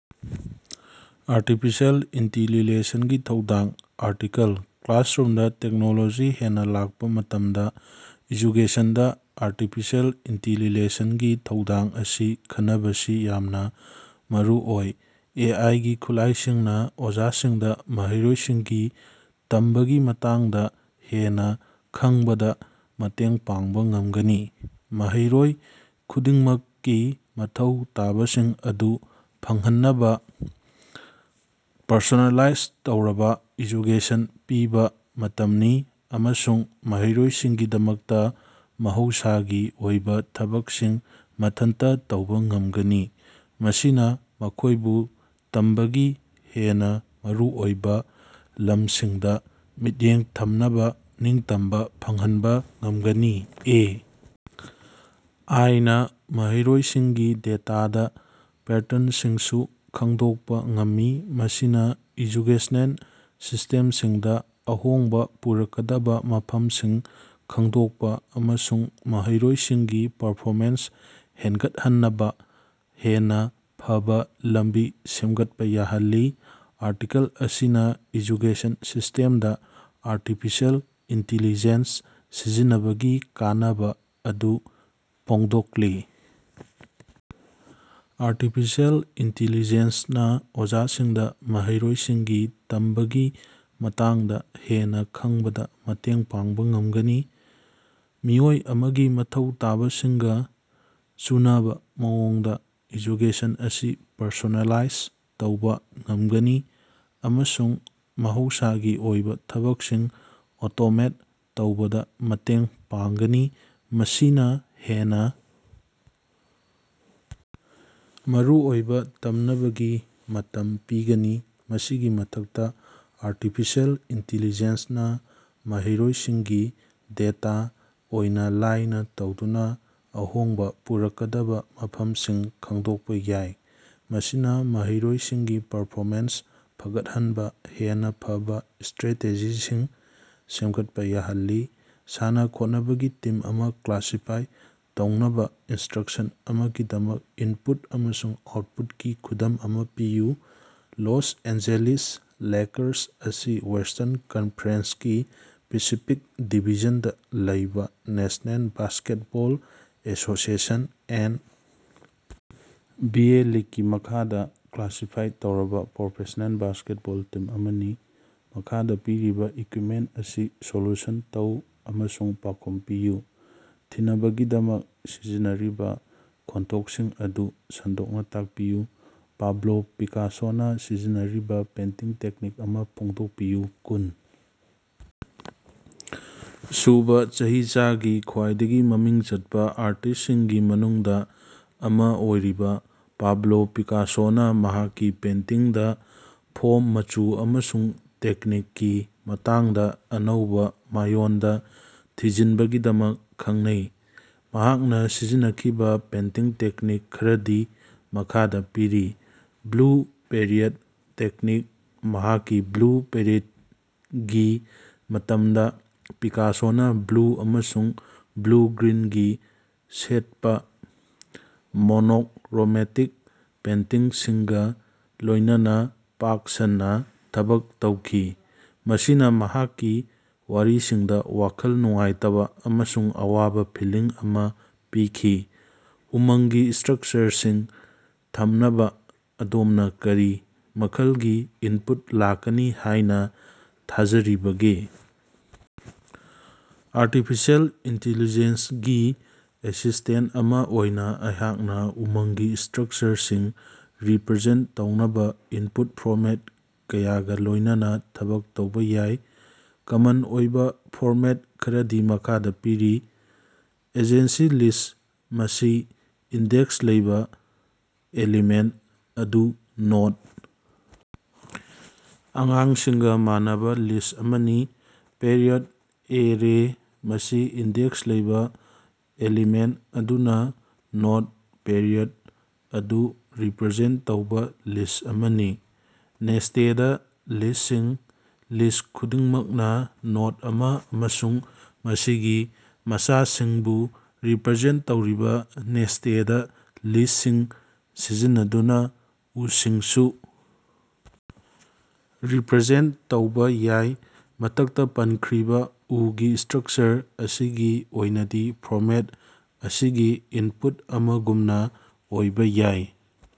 Artificial intelligence ꯒꯤ ꯊꯧꯗꯥꯡ꯫ Article: ꯀ꯭ꯂꯥꯁꯔꯨꯝꯗꯥ technology ꯍꯦꯟꯅꯥ ꯂꯥꯛꯄ ꯃꯇꯝꯗ ꯑꯦꯖꯨꯀꯦꯁꯟꯗ ꯑꯥꯔꯇꯤꯐꯤꯁꯤꯑꯦꯜ ꯏꯟꯇꯤꯂꯤꯖꯦꯟꯁ ꯒꯤ ꯊꯧꯗꯥꯡ ꯑꯁꯤ ꯈꯟꯅꯕꯁꯤ ꯌꯥꯝꯅꯥ ꯃꯔꯨꯑꯣꯏ꯫ ꯑꯦ ꯑꯥꯏ ꯒꯤ ꯈꯨꯠꯂꯥꯏꯁꯤꯡꯅ ꯑꯣꯖꯥꯁꯤꯡꯗ ꯃꯍꯩꯔꯣꯏꯁꯤꯡꯒꯤ ꯇꯝꯕꯒꯤ ꯃꯇꯥꯡꯗ ꯍꯦꯟꯅ ꯈꯪꯕꯗꯥ ꯃꯇꯦꯡ ꯄꯥꯡꯕ ꯉꯝꯒꯅꯤ, ꯃꯍꯩꯔꯣꯏ ꯈꯨꯗꯤꯡꯃꯛꯀꯤ ꯃꯊꯧ ꯇꯥꯕꯁꯤꯡ ꯑꯗꯨ ꯐꯪꯍꯟꯅꯕꯥ ꯄꯔꯁꯣꯅꯦꯂꯥꯏꯖ ꯇꯧꯔꯕꯥ ꯑꯦꯖꯨꯀꯦꯁꯟ ꯄꯤꯕ ꯉꯝꯒꯅꯤ ꯑꯃꯁꯨꯡ ꯃꯍꯩꯔꯣꯏꯁꯤꯡꯒꯤꯗꯃꯛꯇꯥ ꯃꯍꯧꯁꯥꯒꯤ ꯑꯣꯏꯕ ꯊꯕꯛꯁꯤꯡ ꯃꯊꯟꯇ ꯇꯧꯕ ꯉꯝꯒꯅꯤ꯫ꯃꯁꯤꯅꯥ ꯃꯈꯣꯏꯕꯨ ꯇꯝꯕꯒꯤ ꯍꯦꯟꯅ ꯃꯔꯨꯑꯣꯏꯕ ꯂꯝꯁꯤꯡꯗ ꯃꯤꯠꯌꯦꯡ ꯊꯝꯅꯕ ꯅꯤꯡꯇꯝꯕ ꯐꯪꯍꯟꯕ ꯉꯝꯒꯅꯤ꯫ ꯑꯦ. ꯑꯥꯏ. ꯅꯥ ꯃꯍꯩꯔꯣꯏꯁꯤꯡꯒꯤ ꯗꯦꯇꯥꯗꯥ ꯄꯦꯇꯔꯟꯁꯤꯡꯁꯨ ꯈꯪꯗꯣꯛꯄꯥ ꯉꯝꯃꯤ, ꯃꯁꯤꯅꯥ ꯑꯦꯖꯨꯀꯦꯁꯅꯦꯜ ꯁꯤꯁꯇꯦꯝꯁꯤꯡꯗ ꯑꯍꯣꯡꯕ ꯄꯨꯔꯛꯀꯗꯕ ꯃꯐꯝꯁꯤꯡ ꯈꯪꯗꯣꯛꯄ ꯑꯃꯁꯨꯡ ꯃꯍꯩꯔꯣꯏꯁꯤꯡꯒꯤ ꯄꯔꯐꯣꯃꯦꯟꯁ ꯍꯦꯅꯒꯠꯍꯟꯅꯕꯥ ꯍꯦꯟꯅ ꯐꯕ ꯂꯝꯕꯤ ꯁꯦꯝꯒꯠꯄ ꯌꯥꯍꯜꯂꯤ꯫ ꯑꯥꯔꯇꯤꯀꯜ ꯑꯁꯤꯅꯥ ꯑꯦꯖꯨꯀꯦꯁꯟ ꯁꯤꯁꯇꯦꯝꯗ ꯑꯥꯔꯇꯤꯐꯤꯁꯤꯑꯦꯜ ꯏꯟꯇꯦꯂꯤꯖꯦꯟꯁ ꯁꯤꯖꯤꯟꯅꯕꯒꯤ ꯀꯥꯟꯅꯕꯥ ꯑꯗꯨ ꯐꯣꯡꯗꯣꯛꯂꯤ꯫ ꯑꯥꯔꯇꯤꯐꯤꯁꯤꯑꯦꯜ ꯏꯟꯇꯤꯂꯤꯖꯦꯟꯁ ꯅꯥ ꯑꯣꯖꯥꯁꯤꯡꯗꯥ ꯃꯍꯩꯔꯣꯏꯁꯤꯡꯒꯤ ꯇꯝꯕꯒꯤ ꯃꯇꯥꯡꯗꯥ ꯍꯦꯟꯅꯥ ꯈꯪꯕꯗ ꯃꯇꯦꯡ ꯄꯥꯡꯕꯥ ꯉꯝꯒꯅꯤ, ꯃꯤꯑꯣꯏ ꯑꯃꯒꯤ ꯃꯊꯧ ꯇꯥꯕꯁꯤꯡꯒ ꯆꯨꯅꯕ ꯃꯑꯣꯡꯗ ꯑꯦꯖꯨꯀꯦꯁꯟ ꯑꯁꯤ ꯄꯔꯁꯣꯅꯦꯂꯥꯏꯖ ꯇꯧꯕꯥ ꯉꯝꯒꯅꯤ ꯑꯃꯁꯨꯡ ꯃꯍꯧꯁꯥꯒꯤ ꯑꯣꯏꯕ ꯊꯕꯛꯁꯤꯡ ꯑꯣꯇꯣꯃꯦꯠ ꯇꯧꯕꯗꯥ ꯃꯇꯦꯡ ꯄꯥꯡꯒꯅꯤ, ꯃꯁꯤꯅꯥ ꯍꯦꯟꯅ ꯃꯔꯨꯑꯣꯏꯕ ꯇꯝꯅꯕꯒꯤ ꯃꯇꯝ ꯄꯤꯒꯅꯤ꯫ ꯃꯁꯤꯒꯤ ꯃꯊꯛꯇꯥ ꯑꯥꯔꯇꯤꯐꯤꯁꯤꯑꯦꯜ ꯏꯟꯇꯤꯂꯤꯖꯦꯟꯁ ꯅꯥ ꯃꯍꯩꯔꯣꯏꯁꯤꯡꯒꯤ ꯗꯦꯇꯥ ꯑꯦꯅꯥꯂꯥꯏꯖ ꯇꯧꯗꯨꯅꯥ ꯑꯍꯣꯡꯕ ꯄꯨꯔꯛꯀꯗꯕ ꯃꯐꯝꯁꯤꯡ ꯈꯪꯗꯣꯛꯄꯥ ꯌꯥꯏ, ꯃꯁꯤꯅꯥ ꯃꯍꯩꯔꯣꯏꯁꯤꯡꯒꯤ ꯄꯔꯐꯣꯃꯦꯟꯁ ꯐꯒꯠꯍꯟꯕꯥ ꯍꯦꯟꯅꯥ ꯐꯕꯥ ꯁ꯭ꯠꯔꯦꯇꯦꯖꯤꯁꯤꯡ ꯁꯦꯝꯒꯠꯄꯥ ꯌꯥꯍꯜꯂꯤ꯫ ꯁꯥꯟꯅ-ꯈꯣꯠꯅꯕꯒꯤ ꯇꯤꯝ ꯑꯃ ꯀ꯭ꯂꯥꯁꯤꯐꯥꯏ ꯇꯧꯅꯕ ꯏꯅꯁꯇ꯭ꯔꯛꯁꯟ ꯑꯃꯒꯤꯗꯃꯛ ꯏꯟꯄꯨꯠ ꯑꯃꯁꯨꯡ ꯑꯥꯎꯠꯄꯨꯠꯀꯤ ꯈꯨꯗꯝ ꯑꯃꯥ ꯄꯤꯌꯨ꯫ ꯂꯣꯁ ꯑꯦꯟꯖꯦꯂꯤꯁ ꯂꯦꯀꯔꯁ ꯑꯁꯤ ꯋꯦꯁꯇꯔꯟ ꯀꯟꯐꯔꯦꯟꯁꯀꯤ ꯄꯦꯁꯤꯐꯤꯛ ꯗꯤꯕꯤꯖꯟꯗꯥ ꯂꯩꯕꯥ national basketball association (N. B. A.) ꯂꯤꯒꯀꯤ ꯃꯈꯥꯗꯥ ꯀ꯭ꯂꯥꯁꯤꯐꯥꯏ ꯇꯧꯔꯕꯥ ꯄ꯭ꯔꯣꯐꯦꯁꯅꯦꯜ ꯕꯥꯁꯀꯦꯠꯕꯣꯜ ꯇꯤꯝ ꯑꯃꯅꯤ꯫ ꯃꯈꯥꯗꯥ ꯄꯤꯔꯤꯕꯥ ꯏꯀ꯭ꯌꯨꯏꯞꯃꯦꯟꯇ ꯑꯁꯤ ꯁꯣꯜꯌꯨꯁꯟ ꯇꯧ ꯑꯃꯁꯨꯡ ꯄꯥꯎꯈꯨꯝ ꯑꯗꯨ ꯊꯤꯅꯕꯒꯤꯗꯃꯛ ꯁꯤꯖꯤꯟꯅꯔꯤꯕꯥ ꯈꯣꯡꯊꯥꯡꯁꯤꯡ ꯑꯗꯨ ꯁꯟꯗꯣꯛꯅꯥ ꯇꯥꯛꯄꯤꯌꯨ꯫ ꯄꯥꯕꯂꯣ ꯄꯤꯀꯥꯁꯣꯅꯥ ꯁꯤꯖꯤꯟꯅꯔꯤꯕ ꯄꯦꯟꯇꯤꯡ ꯇꯦꯛꯅꯤꯛ ꯑꯃꯥ ꯐꯣꯡꯗꯣꯛꯄꯤꯌꯨ꯫ ꯀꯨꯟ ꯁꯨꯕꯥ ꯆꯍꯤꯆꯥꯒꯤ ꯈ꯭ꯋꯥꯏꯗꯒꯤ ꯃꯃꯤꯡ ꯆꯠꯄꯥ ꯑꯥꯔꯇꯤꯁꯁꯤꯡꯒꯤ ꯃꯅꯨꯡꯗꯥ ꯑꯃꯥ ꯑꯣꯏꯔꯤꯕꯥ ꯄꯥꯕꯂꯣ ꯄꯤꯀꯥꯁꯣꯅꯥ ꯃꯍꯥꯛꯀꯤ ꯄꯦꯟꯇꯤꯡꯗ ꯐꯣꯝ, ꯃꯆꯨ ꯑꯃꯁꯨꯡ ꯇꯦꯛꯅꯤꯛꯀꯤ ꯃꯇꯥꯡꯗꯥ ꯑꯅꯧꯕꯥ ꯃꯑꯣꯡꯗꯥ ꯊꯤꯖꯤꯟꯅꯕꯒꯤꯗꯃꯛ ꯈꯪꯅꯩ꯫ ꯃꯍꯥꯛꯅꯥ ꯁꯤꯖꯤꯟꯅꯈꯤꯕꯥ ꯄꯦꯟꯇꯤꯡ ꯇꯦꯛꯅꯤꯛ ꯈꯔꯗꯤ ꯃꯈꯥꯗꯥ ꯄꯤꯔꯤ: ꯕ꯭ꯂꯨ ꯄꯤꯔꯤꯌꯗ ꯇꯦꯛꯅꯤꯛ: ꯃꯍꯥꯛꯀꯤ ꯕ꯭ꯂꯨ ꯄꯤꯔꯤꯌꯗꯒꯤ ꯃꯇꯝꯗꯥ ꯄꯤꯀꯥꯁꯣꯅꯥ ꯕ꯭ꯂꯨ ꯑꯃꯁꯨꯡ ꯕ꯭ꯂꯨ-ꯒ꯭ꯔꯤꯟꯒꯤ ꯁꯦꯠꯄꯥ ꯃꯣꯅꯣꯛꯔꯣꯃꯦꯇꯤꯛ ꯄꯦꯟꯇꯤꯡꯁꯤꯡꯒꯥ ꯂꯣꯏꯅꯅ ꯄꯥꯛ ꯁꯟꯅꯥ ꯊꯕꯛ ꯇꯧꯈꯤ, ꯃꯁꯤꯅ ꯃꯍꯥꯛꯀꯤ ꯋꯥꯔꯤꯁꯤꯡꯗ ꯋꯥꯈꯜ ꯅꯨꯡꯉꯥꯏꯇꯕ ꯑꯃꯁꯨꯡ ꯑꯋꯥꯕ ꯐꯤꯜꯂꯤꯡ ꯑꯃ ꯄꯤꯈꯤ꯫ ꯎꯃꯪꯒꯤ ꯏꯁꯇ꯭ꯔꯛꯆꯔꯁꯤꯡ ꯊꯝꯅꯕ ꯑꯗꯣꯝꯅ ꯀꯔꯤ ꯃꯈꯜꯒꯤ ꯏꯟꯄꯨꯠ ꯂꯥꯛꯀꯅꯤ ꯍꯥꯏꯅ ꯊꯥꯖꯔꯤꯕꯒꯦ? ꯑꯥꯔꯇꯤꯐꯤꯁꯤꯑꯦꯜ ꯏꯟꯇꯤꯂꯤꯖꯦꯟꯁ ꯒꯤ ꯑꯦꯁꯤꯁꯇꯦꯟꯇ ꯑꯃꯥ ꯑꯣꯏꯅꯥ ꯑꯩꯍꯥꯛꯅ ꯎꯃꯪꯒꯤ ꯏꯁꯇ꯭ꯔꯛꯆꯔꯁꯤꯡ ꯔꯤꯄ꯭ꯔꯖꯦꯟꯇ ꯇꯧꯅꯕꯥ ꯏꯟꯄꯨꯠ ꯐꯣꯔꯃꯦꯠ ꯀꯌꯥꯒꯥ ꯂꯣꯏꯅꯅ ꯊꯕꯛ ꯇꯧꯕꯥ ꯌꯥꯏ꯫ ꯀꯃꯟ ꯑꯣꯏꯕꯥ ꯐꯣꯔꯃꯦꯠ ꯈꯔꯗꯤ ꯃꯈꯥꯗꯥ ꯄꯤꯔꯤ: ꯑꯦꯗꯖꯦꯟꯁꯤ ꯂꯤꯁ: ꯃꯁꯤ ꯏꯟꯗꯦꯛꯁ ꯂꯩꯕꯥ ꯑꯦꯂꯤꯃꯦꯟꯇ ꯑꯗꯨ ꯅꯣꯗ ꯑꯉꯥꯡꯁꯤꯡꯒꯥ ꯃꯥꯟꯅꯕꯥ ꯂꯤꯁ ꯑꯃꯅꯤ꯫ ꯄꯦꯔꯦꯟꯇ ꯑꯦꯔꯦ: ꯃꯁꯤ ꯏꯟꯗꯦꯛꯁ ꯂꯩꯕꯥ ꯑꯦꯂꯤꯃꯦꯟꯇ ꯑꯗꯨꯅ ꯅꯣꯗ ꯄꯦꯔꯦꯟꯇ ꯑꯗꯨ ꯔꯤꯄ꯭ꯔꯖꯦꯟꯇ ꯇꯧꯕꯥ ꯂꯤꯁ ꯑꯃꯅꯤ꯫ ꯅꯦꯁꯇꯦꯗ ꯂꯤꯁ꯭ꯇꯁꯤꯡ: ꯂꯤꯁ꯭ ꯈꯨꯗꯤꯡꯃꯛꯅꯥ ꯅꯣꯗ ꯑꯃꯥ ꯑꯃꯁꯨꯡ ꯃꯁꯤꯒꯤ ꯃꯆꯥꯁꯤꯡꯕꯨ ꯔꯤꯄ꯭ꯔꯖꯦꯟꯇ ꯇꯧꯔꯤꯕꯥ ꯅꯦꯁꯇꯦꯗ ꯂꯤꯁ꯭ꯇꯁꯤꯡ ꯁꯤꯖꯤꯟꯅꯗꯨꯅꯥ ꯎꯁꯤꯡꯁꯨ ꯔꯤꯄ꯭ꯔꯖꯦꯟꯇ ꯇꯧꯕꯥ ꯌꯥꯏ꯫ ꯃꯊꯛꯇꯥ ꯄꯟꯈ꯭ꯔꯤꯕꯥ ꯎꯒꯤ ꯏꯁꯇ꯭ꯔꯛꯆꯔ ꯑꯁꯤꯒꯤ ꯑꯣꯏꯅꯗꯤ, ꯐꯣꯔꯃꯦꯠ ꯑꯁꯤꯒꯤ ꯏꯟꯄꯨꯠ ꯑꯃ ꯒꯨꯝꯅꯥ ꯑꯣꯏꯕꯥ ꯌꯥꯏ꯫